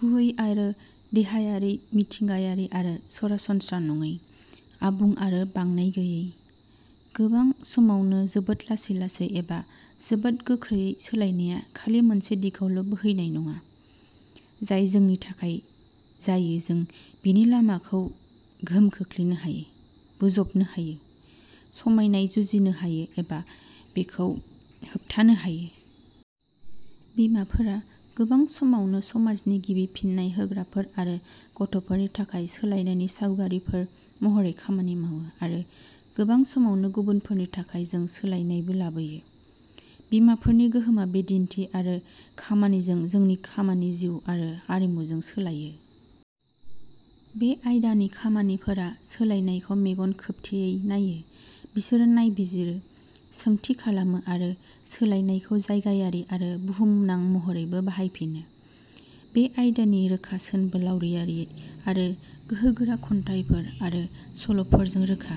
गुबै आरो देहायारि मिथिंगायारि आरो सरासनस्रा नङि, आबुं आरो बांनाय गैयै, गोबां समावनो जोबोद लासै-लासै एबा जोबोद गोख्रै सोलायनायआ खालि मोनसे दिगावल' बोहैनाय नङा, जाय जोंनि थाखाय जायो जों बेनि लामाखौ गोहोम खोख्लैनो हायो, बोजबनो हायो, समायनाय जुजिनो हायो एबा बेखौ होबथानो हायो। बिमाफोरा गोबां समावनो समाजनि गिबि फिन्नाय होग्राफोर आरो गथ'फोरनि थाखाय सोलायनायनि सावरायगिरिफोर महरै खामानि मावो आरो गोबां समावनो गुबुनफोरनि थाखाय जों सोलायनायबो लाबोयो। बिमाफोरनि गोहोमआ बिदिन्थि आरो खामानिजों जोंनि खामानि जिउ आरो आरिमुजों सोलायो। बे आयदानि खामानिफोरा सोलायनायखौ मेगन खोबथेयै नायो बिसोरो नायबिजिरो, सोंथि खालामो आरो सोलायनायखौ जायगायारि आरो बुहुमनां महरैबो बाहायफिनो। बे आयदानि रोखा सानबोलावरियारि आरो गोहोगोरा खन्थाइफोर आरो सल'फोरखौ रंजा।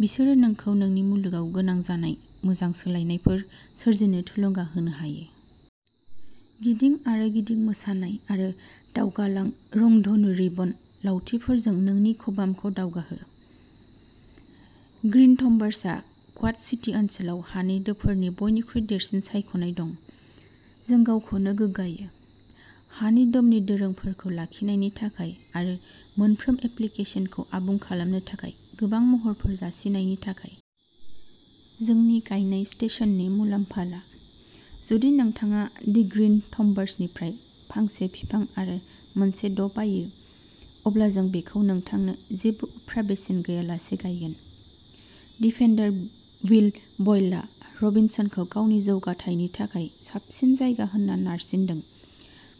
बिसोरो नोंखौ नोंनि मुलुगाव गोनां जानाय मोजां सोलायनायफोर सोरजिनो थुलुंगा होनो हायो। गिदिं आरो गिदिं मोसानाय आरो दावगालां रंधनु रिबन लावथिफोरजों नोंनि खबामखौ दावगाहो। ग्रीन थम्बार्सहा क्वाड सिटी ओनसोलाव हानि दोफोरनि बयनिख्रुइ देरसिन सायख'नाय दं। जों गावखौनो गोग्गायो! हानि दोमनि दोरोंफोरखौ लाखिनायनि थाखाय आरो मोनफ्रोम एप्लिकेसनखौ आबुं खालामनो थाखाय गोबां महरफोर जासिनायनि थाखाय। जोंनि गायनाय स्टेशननि मुलाम्फा ला। जुदि नोंथाङा दि ग्रिन थम्बार्सनिफ्राय फांसे बिफां आरो मोनसे दो बायो, अब्ला जों बेखौ नोंथांनो जेबो उफ्रा बेसेन गैयालासे गायगोन। डिफेन्डार विल बयलआ र'बिन्सखौ गावनि जौगाथायनि थाखाय साबसिन जायगा होनना नारसिनदों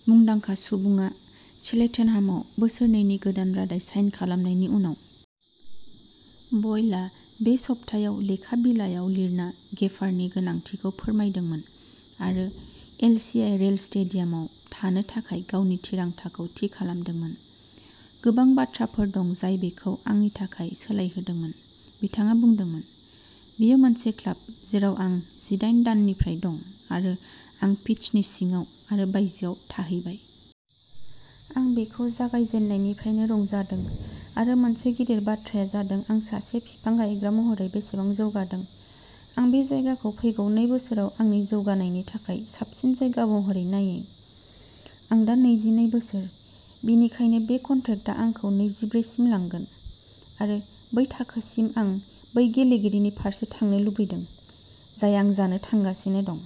मुंदांखा सुबुंआ चेल्टेनहामाव बोसोरनैनि गोदान रादाय साइन खालामनायनि उनाव। बयलआ बे सप्तायाव लेखा बिलाइयाव लिरना गेफारनि गोनांथिखौ फोरमायदोंमोन आरो एलसिआइ रेल स्टेडियामाव थानो थाखाय गावनि थिरांथाखौ थि खालामदोंमोन। गोबां बाथ्राफोर दं जाय बेखौ आंनि थाखाय सोलायहोदोंमोन, बिथाङा बुंदोंमोन। बेयो मोनसे क्लाब जेराव आं जिदायन दाननिफ्राय दं आरो आं पिच्चनि सिङाव आरो बायजोआव थाहैबाय। आं बेखौ जागायजेन्नायनिफ्रायनो रंजादों आरो मोनसे गिदिर बाथ्राया जादों आं सासे बिफां गायग्रा महरै बेसेबां जौगादों। आं बे जायगाखौ फैगौ नै बोसोराव आंनि जौगानायनि थाखाय साबसिन जायगा महरै नायो। आं दा नैजिनै बोसोर, बेनिखायनो बे कन्ट्रेक्टआ आंखौ नैजिब्रै सिम लांगोन आरो बै थाखोसिम आं बै गेलेगिरिनि फारसे थांनो लुबैदों, जाय आं जानो थांगासिनो दं।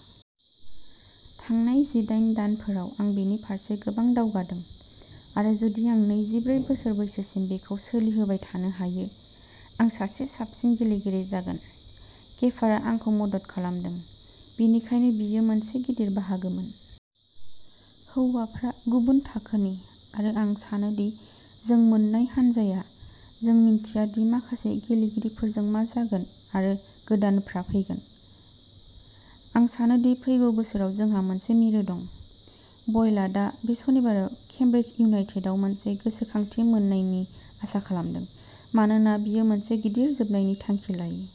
थांनाय जिदायन दानफोराव आं बेनि फारसे गोबां दावगादों आरो जुदि आं नैजिब्रै बोसोर बैसोसिम बेखौ सोलिहोबाय थानो हायो, आं सासे साबसिन गेलेगिरि जागोन। गेफारआ आंखौ मदद खालामदों, बेनिखायनो बियो बेनि मोनसे गिदिर बाहागोमोन। हौवाफोरा गुबुन थाखोनि आरो आं सानोदि जों मोननाय हानजाया, जों मिथिया दि माखासे गेलेगिरिफोरजों मा जागोन आरो गोदानफोरा फैगोन, आं सानोदि फैगौ बोसोराव जोंहा मोनसे मिरु दं। बयलआ दा बे सनिबाराव केम्ब्रिज इउनाइटेडआव मोनसे गोसोखांथि मोन्नायनि आसा खालामदों मानोना बियो मोनसे गिदिर जोबनायनि थांखि लायो।